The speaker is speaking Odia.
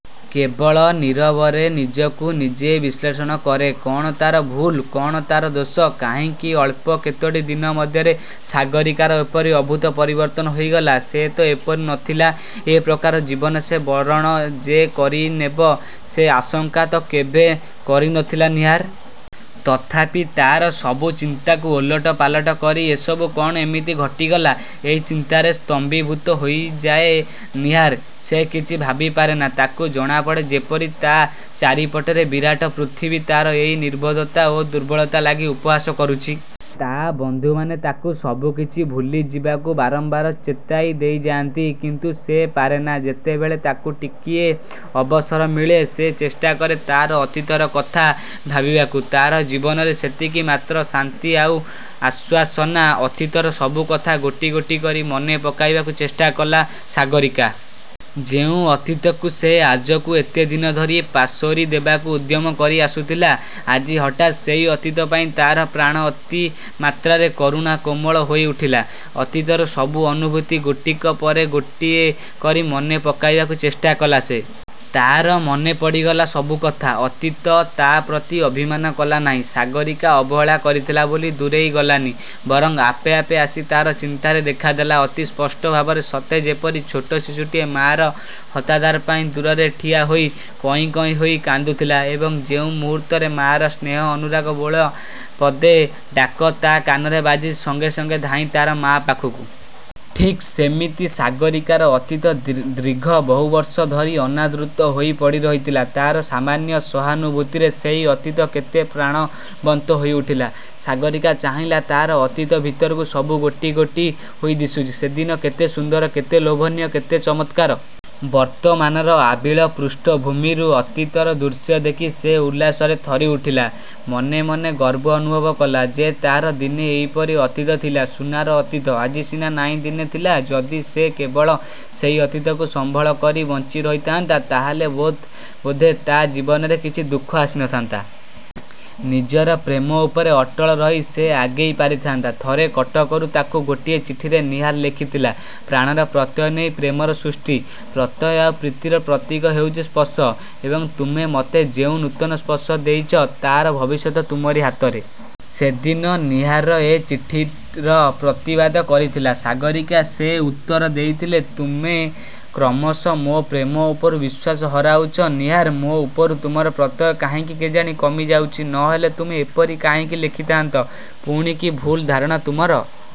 କେବଳ ନୀରବରେ ନିଜକୁ ନିଜେ ବିଶ୍ଳେଷଣ କରେ-। କ'ଣ ତା'ର ଭୁଲ୍। କ'ଣ ତା'ର ଦୋଷ? କାହିଁକି ଅଳ୍ପ କେତୋଟି ଦିନ ମଧ୍ୟରେ ସାଗରୀକାର ଏପରି ଅଦ୍ଭୁତ ପରିବର୍ତ୍ତନ ହୋଇଗଲା। ସେ ତ ଏପରି ନଥିଲା-ଏ ପ୍ରକାର ଜୀବନ ସେ ବରଣ ଯେ କରିନେବ ସେ ଆଶଙ୍କା ତ କେଭେଁ କରିନଥିଲା ନୀହାର। ତଥାପି ତା'ର ସବୁ ଚିନ୍ତାକୁ ଓଲଟ ପାଲଟ କରି ଏସବୁ କ'ଣ ଏମିତି ଘଟିଗଲା। ଏଇ ଚିନ୍ତାରେ ସ୍ତମ୍ଭୀଭୂତ ହୋଇଯାଏ ନୀହାର। ସେ କିଛି ଭାବି ପାରେନା। ତାକୁ ଜଣାପଡ଼େ ଯେପରି ତା' ଚାରିପଟର ବିରାଟ ପୃଥିବୀ ତା'ର ଏଇ ନିର୍ବୋଧତା ଓ ଦୁର୍ବଳତା ଲାଗି ଉପହାସ କରୁଛି। ତା' ବନ୍ଧୁମାନେ ତାକୁ ସବୁ କିଛି ଭୁଲିଯିବାକୁ ବାରମ୍ବାର ଚେତାଇ ଦେଇ ଯାଆନ୍ତି। କିନ୍ତୁ ସେ ପାରେନା। ଯେତେବେଳେ ତାକୁ ଟିକିଏ ଅବସର ମିଳେ ସେ ଚେଷ୍ଟା କରେ ତା'ର ଅତୀତର କଥା ଭାବିବାକୁ। ତା'ର ଜୀବନରେ ସେତିକି ମାତ୍ର ଶାନ୍ତି ଆଉ ଆଶ୍ୱାସନା। ଅତୀତର ସବୁ କଥା ଗୋଟି ଗୋଟି କରି ମନେ ପକାଇବାକୁ ଚେଷ୍ଟା କଲା ସାଗରୀକା-। ଯେଉଁ ଅତୀତକୁ ସେ ଆଜକୁ ଏତେ ଦିନ ଧରି ପାସୋରି ଦେବାକୁ ଉଦ୍ୟମ କରି ଆସୁଥିଲା, ଆଜି ହଠାତ୍ ସେଇ ଅତୀତ ପାଇଁ ତା'ର ପ୍ରାଣ ଅତିମାତ୍ରାରେ କରୁଣା କୋମଳ ହୋଇ ଉଠିଲା-। ଅତୀତର ସବୁ ଅନୁଭୂତି ଗୋଟିକ ପରେ ଗୋଟିଏ କରି ମନେ ପକାଇବାକୁ ଚେଷ୍ଟା କଲା ସେ-। ତା'ର ମନେପଡ଼ିଗଲା ସବୁ କଥା। ଅତୀତ ତା'ପ୍ରତି ଅଭିମାନ କଲା ନାହିଁ-ସାଗରୀକା ଅବହେଳା କରିଥିଲା ବୋଲି ଦୂରେଇ ଗଲାନି। ବରଂ ଆପେ ଆପେ ଆସି ତା'ର ଚିନ୍ତାରେ ଦେଖାଦେଲା, ଅତି ସ୍ପଷ୍ଟ ଭାବରେ। ସତେ ଯେପରି ଛୋଟ ଶିଶୁଟିଏ ମା'ର ହତାଦର ପାଇଁ ଦୂରରେ ଠିଆହୋଇ କଇଁ କଇଁ ହୋଇ କାନ୍ଦୁଥିଲା; ଏବଂ ଯେଉଁ ମୁହୂର୍ତ୍ତରେ ମା'ର ସ୍ନେହ ଅନୁରାଗ ବୋଳା ପଦେ ଡାକ ତା' କାନରେ ବାଜିଛି; ସଙ୍ଗେ ସଙ୍ଗେ ଧାଇଁ ତା'ର ମା' ପାଖକୁ। ଠିକ୍। ସେମିତି ସାଗରୀକାର ଅତୀତ ଦୀର୍ଘ ବହୁବର୍ଷ ଧରି ଅନାଦୃତ ହୋଇ ପଡ଼ିରହିଥିଲା; ତା'ର ସାମାନ୍ୟ ସହାନୁଭୂତିରେ ସେଇ ଅତୀତ କେତେ ପ୍ରାଣବନ୍ତ ହୋଇ ଉଠିଲା। ସାଗରୀକା ଚାହିଁଲା ତା'ର ଅତୀତ ଭିତରକୁ। ସବୁ ଗୋଟି ଗୋଟି ହୋଇ ଦିଶୁଛି। ସେଦିନ କେତେ ସୁନ୍ଦର-କେତେ ଲୋଭନୀୟ-କେତେ ଚମତ୍କାର-। ବର୍ତ୍ତମାନର ଆବିଳ-ପୃଷ୍ଠ ଭୂମିରୁ ଅତୀତର ଦୃଶ୍ୟ ଦେଖି ସେ ଉଲ୍ଲାସରେ ଥରିଉଠିଲା-। ମନେମନେ ଗର୍ବ ଅନୁଭବ କଲା ଯେ ତା'ର ଦିନେ ଏଇପରି ଅତୀତ ଥିଲା-ସୁନାର ଅତୀତ। ଆଜି ସିନା ନାଇଁ-ଦିନେ ଥିଲା। ଯଦି ସେ କେବଳ ସେଇ ଅତୀତକୁ ସମ୍ବଳ କରି ବଞ୍ଚିରହିଥାନ୍ତା; ତା'ହେଲେ ବୋଧେ ତା' ଜୀବନରେ କିଛି ଦୁଃଖ ଆସିନଥାନ୍ତା। ନିଜର ପ୍ରେମ ଉପରେ ଅଟଳ ରହି ସେ ଆଗେଇ ପାରିଥାନ୍ତା। ଥରେ କଟକରୁ ତାକୁ ଗୋଟିଏ ଚିଠିରେ ନୀହାର ଲେଖିଥିଲା-''ପ୍ରାଣର-ପ୍ରତ୍ୟୟ ନେଇ ପ୍ରେମର ସୃଷ୍ଟି। ପ୍ରତ୍ୟୟ ଆଉ ପ୍ରୀତିର ପ୍ରତିକ ହେଉଛି ସ୍ପର୍ଶ। ଏବଂ ତୁମେ ମୋତେ ଯେଉଁ ନୂତନ ସ୍ପର୍ଶ ଦେଇଛ ତା'ର ଭବିଷ୍ୟତ ତୁମରି ହାତରେ। '' ସେଦିନ ନୀହାରର ଏ ଚିଠିର ପ୍ରତିବାଦ କରିଥିଲା ସାଗରୀକା-ସେ ଉତ୍ତର ଦେଇଥିଲେ-''ତୁମେ କ୍ରମଶଃ ମୋ ପ୍ରେମ ଉପରୁ ବିଶ୍ୱାସ ହରାଉଛ ନୀହାର-ମୋ ଉପରୁ ତୁମର ପ୍ରତ୍ୟୟ କାହିଁକି କେଜାଣି କମି ଯାଉଛି। ନ ହେଲେ ତୁମେ ଏପରି କାହିଁକି ଲେଖିଥାନ୍ତ? ପୁଣି କି ଭୁଲ୍ ଧାରଣା ତୁମର।